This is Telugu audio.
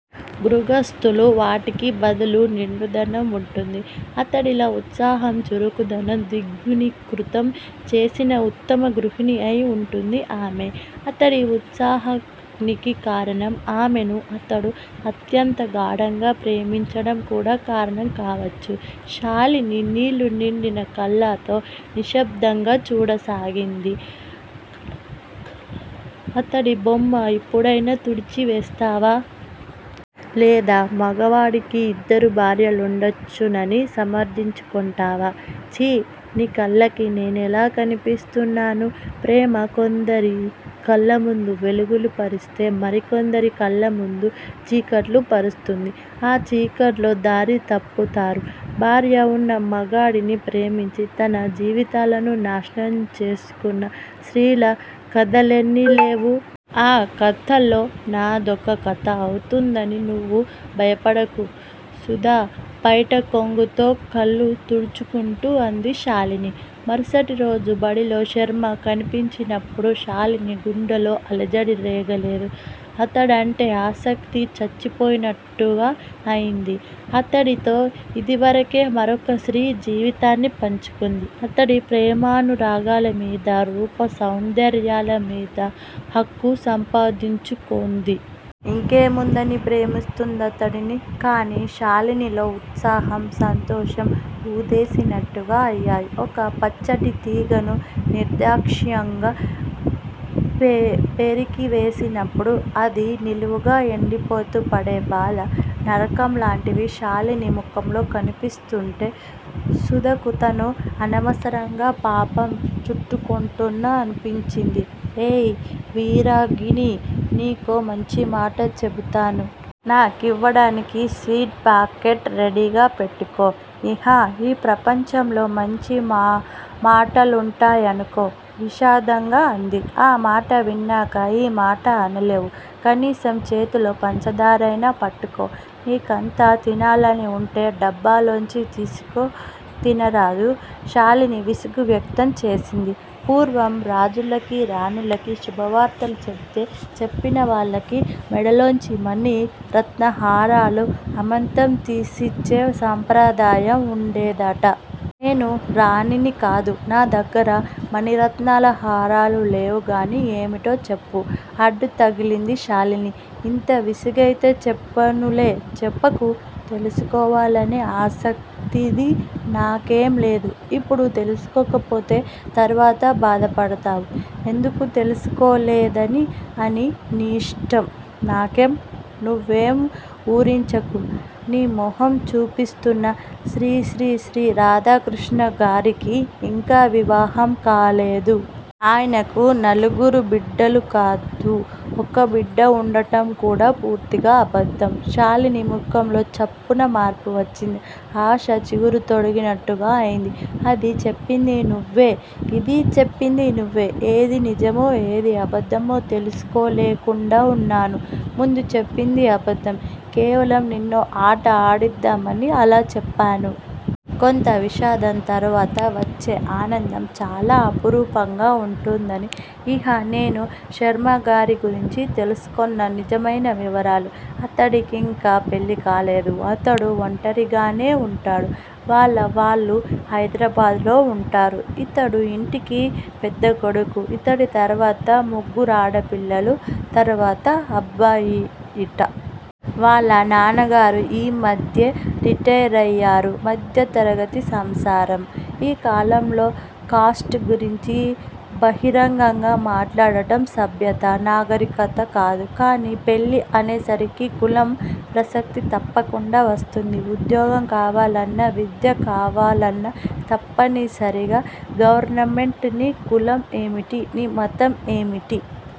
గృగస్తులో వాటికి బదులు నిండుదనం వుంటుంది! అతడిలో ఉత్సాహం, చురుకుదనం ద్విగుణీకృతం చేసిన ఉత్తమ గృహిణి అయి వుంటుంది ఆమె! అతడి ఉత్సాహానికి కారణం ఆమెను అతడు అత్యంతగాఢంగా ప్రేమించడం కూడా కారణం కావచ్చు! శాలిని నీళ్లు నిండిన కళ్లతో నిశ్సబ్దంగా చూడసాగింది. అతడి బొమ్మ ఇప్పుడయినా తుడిచి వేస్తావా? లేదా మగవాడికి యిద్దరు భార్యలుండొచ్చునని సమర్దించుకొంటావా? ఛీ! నీకళ్లకి నేనెలా కనిపిస్తున్నాను? ప్రేమ కొందరి కళ్లముందు వెలుగులు పరిస్తే మరి కొందరి కళ్లముందు చీకట్లు పరుస్తుంది! ఆ చీకట్లో దారి తప్పుతారు. భార్య వున్న మగడిని ప్రేమించి తన జీవితాలను నాశనం చేసుకొన్న స్త్రీల కధలెన్ని లేవు? ఆ కథల్లో నాదొక కథ అవుతుందని నువ్వు భయపడకు, సుధా! పైటకొంగుతో కళ్లు తుడుచుకొంటూ అంది శాలిని. మరుసటిరోజు బడిలో శర్మ కనిపించినప్పుడు శాలిని గుండెలో అలజడి రేగలేదు. అతడంటే ఆసక్తి చచ్చిపోయినట్టుగా అయింది! అతడితో యిదివరకే మరొక స్త్రీ జీవితాన్ని పంచుకొంది! అతడి ప్రేమానురాగాల మీద, రూప సౌందర్యాలమీదా హక్కు సంపాదించుకొంది. ఇంకేముందని ప్రేమిస్తుందతడిని? కాని, శాలినిలో ఉత్సాహం, సంతోషం ఊదేసినట్టుగా అయ్యాయి! ఒక పచ్చటితీగను నిర్దాక్షిణ్యంగా పెరికివేసినప్పుడు అది నిలువునా ఎండిపోతూ పడే బాధా, నరకం లాంటివి శాలిని ముఖంలో కనిపిస్తుంటే, సుధకు తను అనవసరంగా పాపం చుట్టుకొంటున్నా ననిపించింది. ఏయ్! విరాగిణీ! నీకో మంచిమాట చెబుతాను. నాకివ్వడానికి స్వీట్ పాకెట్ రెడీగా పెట్టుకో! ఇహ యీ ప్రపంచంలో మంచి మాటలుంటాయనుకో! విషాదంగా అంది. ఆ మాట విన్నాక ఈమాట అనలేవు! కనీసం చేతితో పంచదార అయినా పట్టుకో! నీకంత తినాలని వుంటే డబ్బాలోంచి తీసుకు తినరాదు? శాలిని విసుగు వ్యక్తం చేసింది. పూర్వం రాజులకి, రాణులకి శుభవార్తలు చెబితే చెప్పిన వాళ్లకి మెడలోంచి మణి, రత్నహారాలు అమాంతం తీసిచ్చే సంప్రదాయం వుండేదట! నేను రాణినికాదు! నా దగ్గర మణిరత్నహారాలు లేవుగాని ఏమిటో చెప్పు! అడ్డుతగిలింది శాలిని. ఇంత విసుగైతే చెప్పనులే! చెప్పకు! తెలుసుకోవాలనే ఆసక్తది నాకేంలేదు! ఇప్పుడు తెలుసుకోకపోతే తరువాత బాధపడతావు! ఎందుకు తెలుసుకోలేదా అని! నీ ఇష్టం! నాకేం! నువ్వేం వూరించకు! నీ మొహం! చెప్పేస్తున్నా! శ్రీశ్రీశ్రీ రాధాకృష్ణగారికి ఇంకా వివాహంకాలేదు. ఆయనకి నలుగురు బిడ్డలుకాదు, ఒక బిడ్డ వుండడంకూడా పూర్తిగా అబద్దం! శాలిని ముఖంలో చప్పున మార్పువచ్చింది. ఆశ చిగురు తొడిగినట్టుగా అయింది. అది చెప్పింది నువ్వే! ఇది చెప్పింది నువ్వే! ఏది నిజమో, ఏది అబద్దమో తెలుసుకోలేకుండా వున్నాను! ముందు చెప్పింది అబద్దం. కేవలం నిన్నో ఆట ఆడిద్దామని అలా చెప్పాను. కొంత విషాదం తరువాత వచ్చే ఆనందం చాలా అపురూపంగా వుంటుందని! ఇహ నేను శర్మగారి గురించి తెలుసుకొన్న నిజమైన వివరాలు, అతడికింకా పెళ్లికాలేదు. అతడు వంటరిగానే వుంటున్నాడు. వాళ్ల వాళ్లు హైదరాబాద్ లో వుంటారు. ఇతడు యింటికి పెద్దకొడుకు! ఇతడి తరువాత ముగ్గురాడపిల్లూ, తరువాత అబ్బాయిట. వాళ్ల నాన్నగారు ఈ మధ్యే రిటైరయ్యారు. మధ్యతరగతి సంసారం! ఈ కాలంలో కాస్ట్ గురించి బహిరంగంగా మాట్లాడడం సభ్యత, నాగరికతకాదు. కాని, పెళ్లి అనేసరికి కులం ప్రసక్తి తప్పకుండా వస్తుంది ఉద్యోగం కావాలన్నా, విద్య కావాలన్నా తప్పనిసరిగా గవర్నమెంటే నీ కులం ఏమిటి? నీ మతం ఏమిటి?